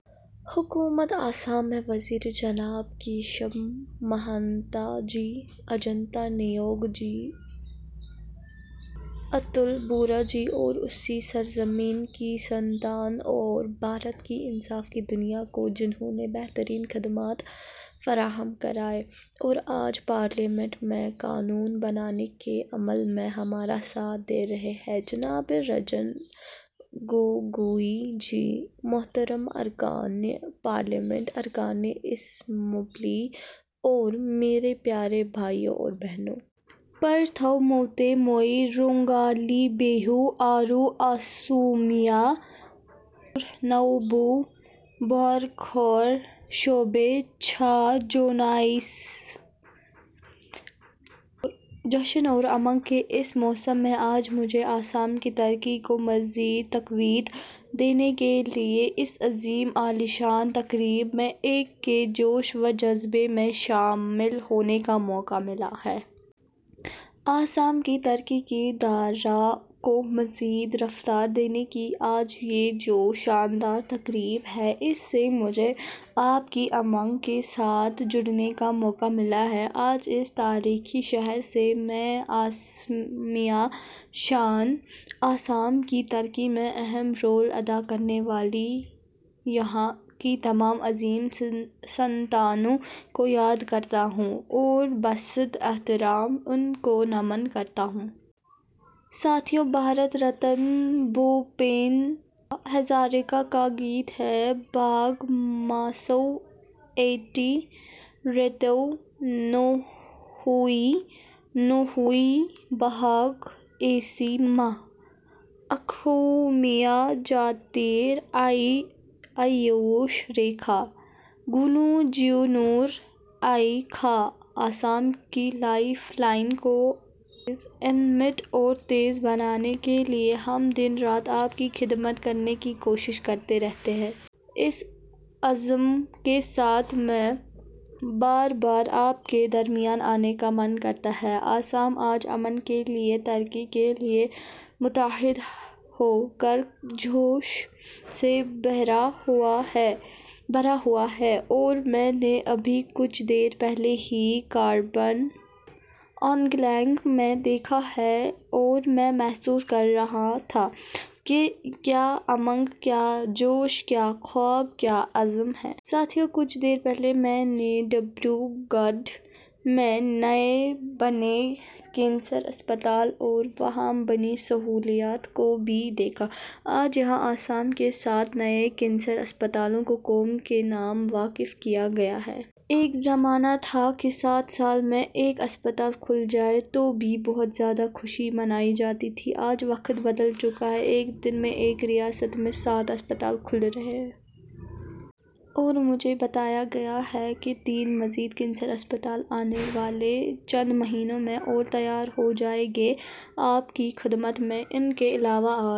حکومتِ آسام میں وزیر جناب کیشب مہانتا جی، اجنتا نیوگ جی، اتل بورا جی اور اسی سرزمین کی سنتان اور بھارت کی انصاف کی دنیا کو، جنہوں نے بہترین خدمات فراہم کرائیں اور آج پارلیمنٹ میں قانون بنانے کے عمل میں ہمارا ساتھ دے رہے ہیں، جناب رنجن گوگوئی جی، محترم ارکانِ پارلیمنٹ، ارکانِ اسمبلی اور میرے پیارے بھائیو اور بہنو! پرتھوموتے موئی رونگالی بیہو، آرو آسومیا نوبو بورخور شوبھےچھا جونائیسو! جشن اور امنگ کے اس موسم میں آج مجھے آسام کی ترقی کو مزید تقویت دینے کے لیے اس عظیم الشان تقریب میں آپ کے جوش و جذبے میں شامل ہونے کا موقع ملا ہے۔ آسام کی ترقی کی دھارا کو مزید رفتار دینے کی آج یہ جو شاندار تقریب ہے، اس میں مجھے آپ کی امنگ کے ساتھ جڑنے کا موقع ملا ہے۔ آج اس تاریخی شہر سے میں اسمیا شان، آسام کی ترقی میں اہم رول ادا کرنے والی یہاں کی تمام عظیم سنتانوں کو یاد کرتا ہوں اور بصد احترام ان کو نمن کرتا ہوں۔ ساتھیو، بھارت رتن بھوپین ہزاریکا کا گیت ہے- بہاغ ماثو ایٹی ریتو نوہوئی، نوہوئی بہاغ ایٹی ماہ، آکھومیا جاتیر ای آیوش ریکھا، گونو جیونور ای کھاہ! آسام کی لائف لائن کو انمٹ اور تیز بنانے کے لیے، ہم دن رات آپ کی خدمت کرنے کی کوشش کرتے رہتے ہیں۔ اسی عزم کے ساتھ میں بار بار آپ کے درمیان آنے کا من کرتا ہے۔ آسام آج امن کے لیے، ترقی کے لیے متحد ہو کر جوش سے بھرا ہوا ہے، اور میں نے ابھی کچھ دیر پہلے ہی کاربی آنگلانگ میں دیکھا ہے اور میں محسوس کر رہا تھا کہ کیا امنگ، کیا جوش، کیا خواب، کیا عزم ہے۔ ساتھیو، کچھ دیر پہلے میں نے ڈبرو گڑھ میں نئے بنے کینسر اسپتال اور وہاں بنی سہولیات کو بھی دیکھا۔ آج یہاں آسام کے سات نئے کینسر اسپتالوں کو قوم کے نام وقف کیا گیا ہے۔ ایک زمانہ تھا کہ سات سال میں ایک اسپتال کھل جائے تو بھی بہت زیادہ خوشی منائی جاتی تھی۔ آج وقت بدل چکا ہے، ایک دن میں ایک ریاست میں سات اسپتال کھل رہے ہیں۔ اور مجھے بتایا گیا ہے کہ تین مزید کینسر اسپتال آنے والے چند مہینوں میں اور تیار ہو جائیں گے آپ کی خدمت میں۔ ان کے علاوہ آج...